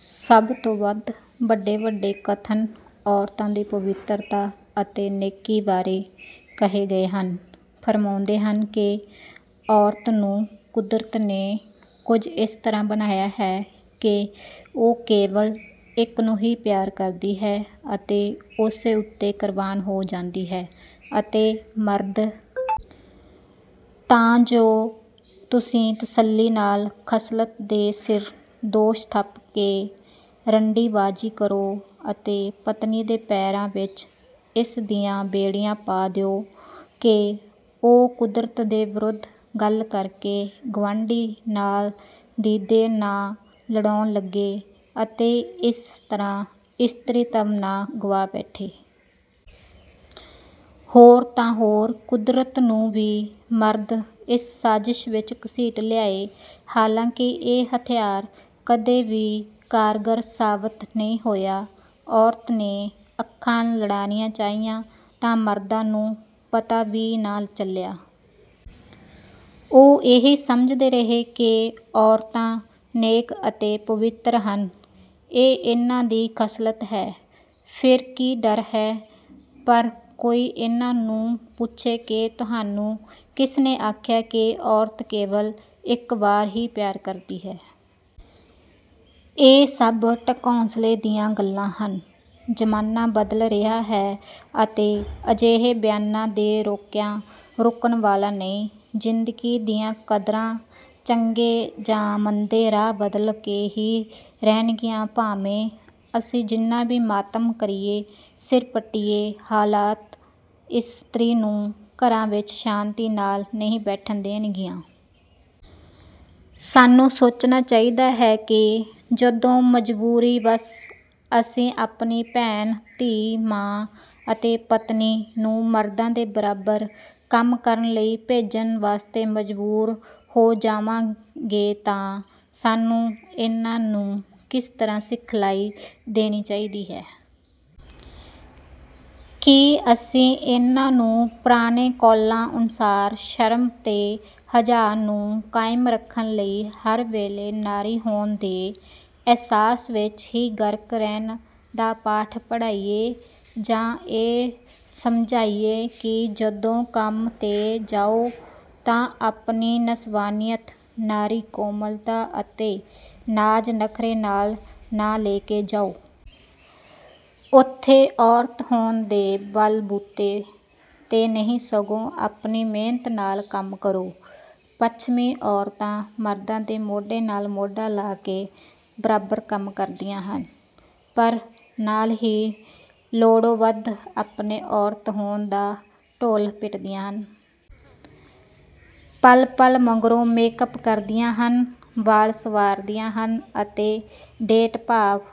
ਸਭ ਤੋਂ ਵੱਧ ਵੱਡੇ ਵੱਡੇ ਕਥਨ ਔਰਤਾਂ ਦੀ ਪਵਿੱਤਰਤਾ ਅਤੇ ਨੇਕੀ ਬਾਰੇ ਕਹੇ ਗਏ ਹਨ। ਫ਼ਰਮਾਉਂਦੇ ਹਨ ਕਿ 'ਔਰਤ ਨੂੰ ਕੁਦਰਤ ਨੇ ਕੁਝ ਇਸ ਤਰ੍ਹਾਂ ਬਣਾਇਆ ਹੈ ਕਿ ਉਹ ਕੇਵਲ ਇੱਕ ਨੂੰ ਹੀ ਪਿਆਰ ਕਰਦੀ ਹੈ ਅਤੇ ਉਸੇ ਉੱਤੇ ਕੁਰਬਾਨ ਹੋ ਜਾਂਦੀ ਹੈ'ਅਤੇ ਮਰਦ! ਤਾਂ ਜੋ ਤੁਸੀਂ ਤਸੱਲੀ ਨਾਲ ਖਸਲਤ ਦੇ ਸਿਰ ਦੋਸ਼ ਥੱਪ ਕੇ 'ਰੰਡੀ-ਬਾਜ਼ੀ' ਕਰੋ ਅਤੇ ਪਤਨੀ ਦੇ ਪੈਰਾਂ ਵਿੱਚ ਇਸ ਦੀਆਂ ਬੇੜੀਆਂ ਪਾ ਦਿਓ ਕਿ ਉਹ ਕੁਦਰਤ ਦੇ ਵਿਰੁੱਧ ਗੱਲ ਕਰਕੇ, ਗਵਾਂਢੀ ਨਾਲ ਦੀਦੇ ਨਾ ਲੜਾਉਣ ਲੱਗੇ ਅਤੇ ਇਸ ਤਰ੍ਹਾਂ 'ਇਸਤਰੀਤਵ' ਨਾ ਗਵਾ ਬੈਠੇ। ਹੋਰ ਤਾਂ ਹੋਰ ਕੁਦਰਤ ਨੂੰ ਵੀ ਮਰਦ ਇਸ ਸਾਜ਼ਿਸ਼ ਵਿੱਚ ਘਸੀਟ ਲਿਆਏ। ਹਾਲਾਂਕਿ ਇਹ ਹਥਿਆਰ ਕਦੇ ਵੀ ਕਾਰਗਰ ਸਾਬਤ ਨਹੀਂ ਹੋਇਆ। ਔਰਤ ਨੇ ਅੱਖਾਂ ਲੜਾਣੀਆਂ ਚਾਹੀਆਂ ਤਾਂ ਮਰਦਾਂ ਨੂੰ ਪਤਾ ਵੀ ਨਾ ਚੱਲਿਆ। ਉਹ, ਇਹੀ ਸਮਝਦੇ ਰਹੇ ਕਿ ਔਰਤਾਂ ਨੇਕ ਅਤੇ ਪਵਿੱਤਰ ਹਨ। ਇਹ ਇਹਨਾਂ ਦੀ ਖਸਲਤ ਹੈ। ਫਿਰ ਕੀ ਡਰ ਹੈ? ਪਰ ਕੋਈ ਇਹਨਾਂ ਨੂੰ ਪੁੱਛੇ ਕਿ ਤੁਹਾਨੂੰ ਕਿਸ ਨੇ ਆਖਿਆ ਕਿ ਔਰਤ ਕੇਵਲ ਇੱਕ ਵਾਰ ਹੀ ਪਿਆਰ ਕਰਦੀ ਹੈ? ਇਹ ਸਭ ਢਕੌਂਸਲੇ ਦੀਆਂ ਗੱਲਾਂ ਹਨ। ਜ਼ਮਾਨਾ ਬਦਲ ਰਿਹਾ ਹੈ ਅਤੇ ਅਜਿਹੇ ਬਿਆਨਾਂ ਦੇ ਰੋਕਿਆਂ, ਰੁਕਣ ਵਾਲਾ ਨਹੀਂ। ਜ਼ਿੰਦਗੀ ਦੀਆਂ ਕਦਰਾਂ ਚੰਗੇ ਜਾਂ ਮੰਦੇ ਰਾਹ ਬਦਲ ਕੇ ਹੀ ਰਹਿਣਗੀਆਂ ਭਾਵੇਂ ਅਸੀਂ ਜਿੰਨਾ ਵੀ ਮਾਤਮ ਕਰੀਏ, ਸਿਰ ਪੱਟੀਏ, ਹਾਲਾਤ, ਇਸਤਰੀ ਨੂੰ ਘਰਾਂ ਵਿੱਚ ਸ਼ਾਂਤੀ ਨਾਲ ਨਹੀਂ ਬੈਠਣ ਦੇਣਗੀਆਂ। ਸਾਨੂੰ ਸੋਚਣਾ ਚਾਹੀਦਾ ਹੈ ਕਿ ਜਦੋਂ ਮਜਬੂਰੀ-ਵਸ ਅਸੀਂ ਆਪਣੀ ਭੈਣ, ਧੀ, ਮਾਂ ਅਤੇ ਪਤਨੀ ਨੂੰ ਮਰਦਾਂ ਦੇ ਬਰਾਬਰ ਕੰਮ ਕਰਨ ਲਈ ਭੇਜਣ ਵਾਸਤੇ ਮਜਬੂਰ ਹੋ ਜਾਵਾਂਗੇ ਤਾਂ ਸਾਨੂੰ ਇਹਨਾਂ ਨੂੰ ਕਿਸ ਤਰ੍ਹਾਂ ਸਿਖਲਾਈ ਦੇਣੀ ਚਾਹੀਦੀ ਹੈ। ਕੀ ਅਸੀਂ ਇਹਨਾਂ ਨੂੰ ਪੁਰਾਣੇ ਕੌਲਾਂ ਅਨੁਸਾਰ ਸ਼ਰਮ ਤੇ ਹਯਾ ਨੂੰ ਕਾਇਮ ਰੱਖਣ ਲਈ ਹਰ ਵੇਲੇ 'ਨਾਰੀ' ਹੋਣ ਦੇ ਅਹਿਸਾਸ ਵਿੱਚ ਹੀ ਗਰਕ ਰਹਿਣ ਦਾ ਪਾਠ ਪੜ੍ਹਾਈਏ। ਜਾਂ ਇਹ ਸਮਝਾਈਏ ਕਿ ਜਦੋਂ ਕੰਮ 'ਤੇ ਜਾਓ ਤਾਂ ਆਪਣੀ ਨਸਵਾਨੀਅਤ, ਨਾਰੀ-ਕੋਮਲਤਾ ਅਤੇ ਨਾਜ਼-ਨਖ਼ਰੇ, ਨਾਲ ਨਾ ਲੈ ਕੇ ਜਾਓ। ਉੱਥੇ 'ਔਰਤ' ਹੋਣ ਦੇ ਬਲ-ਬੂਤੇ 'ਤੇ ਨਹੀਂ ਸਗੋਂ ਆਪਣੀ ਮਿਹਨਤ ਨਾਲ ਕੰਮ ਕਰੋ। ਪੱਛਮੀ ਔਰਤਾਂ ਮਰਦਾਂ ਦੇ 'ਮੋਢੇ ਨਾਲ ਮੋਢਾ' ਲਾ ਕੇ ਬਰਾਬਰ ਕੰਮ ਕਰਦੀਆਂ ਹਨ ਪਰ ਨਾਲ ਹੀ ਲੋੜੋਂ ਵੱਧ ਆਪਣੇ ਔਰਤ ਹੋਣ ਦਾ ਢੋਲ ਪਿੱਟਦੀਆਂ ਹਨ। ਪਲ-ਪਲ ਮਗਰੋਂ ਮੇਕ-ਅੱਪ ਕਰਦੀਆਂ ਹਨ। ਵਾਲ ਸੰਵਾਰਦੀਆਂ ਹਨ ਅਤੇ 'ਡੇਟ' ਭਾਵ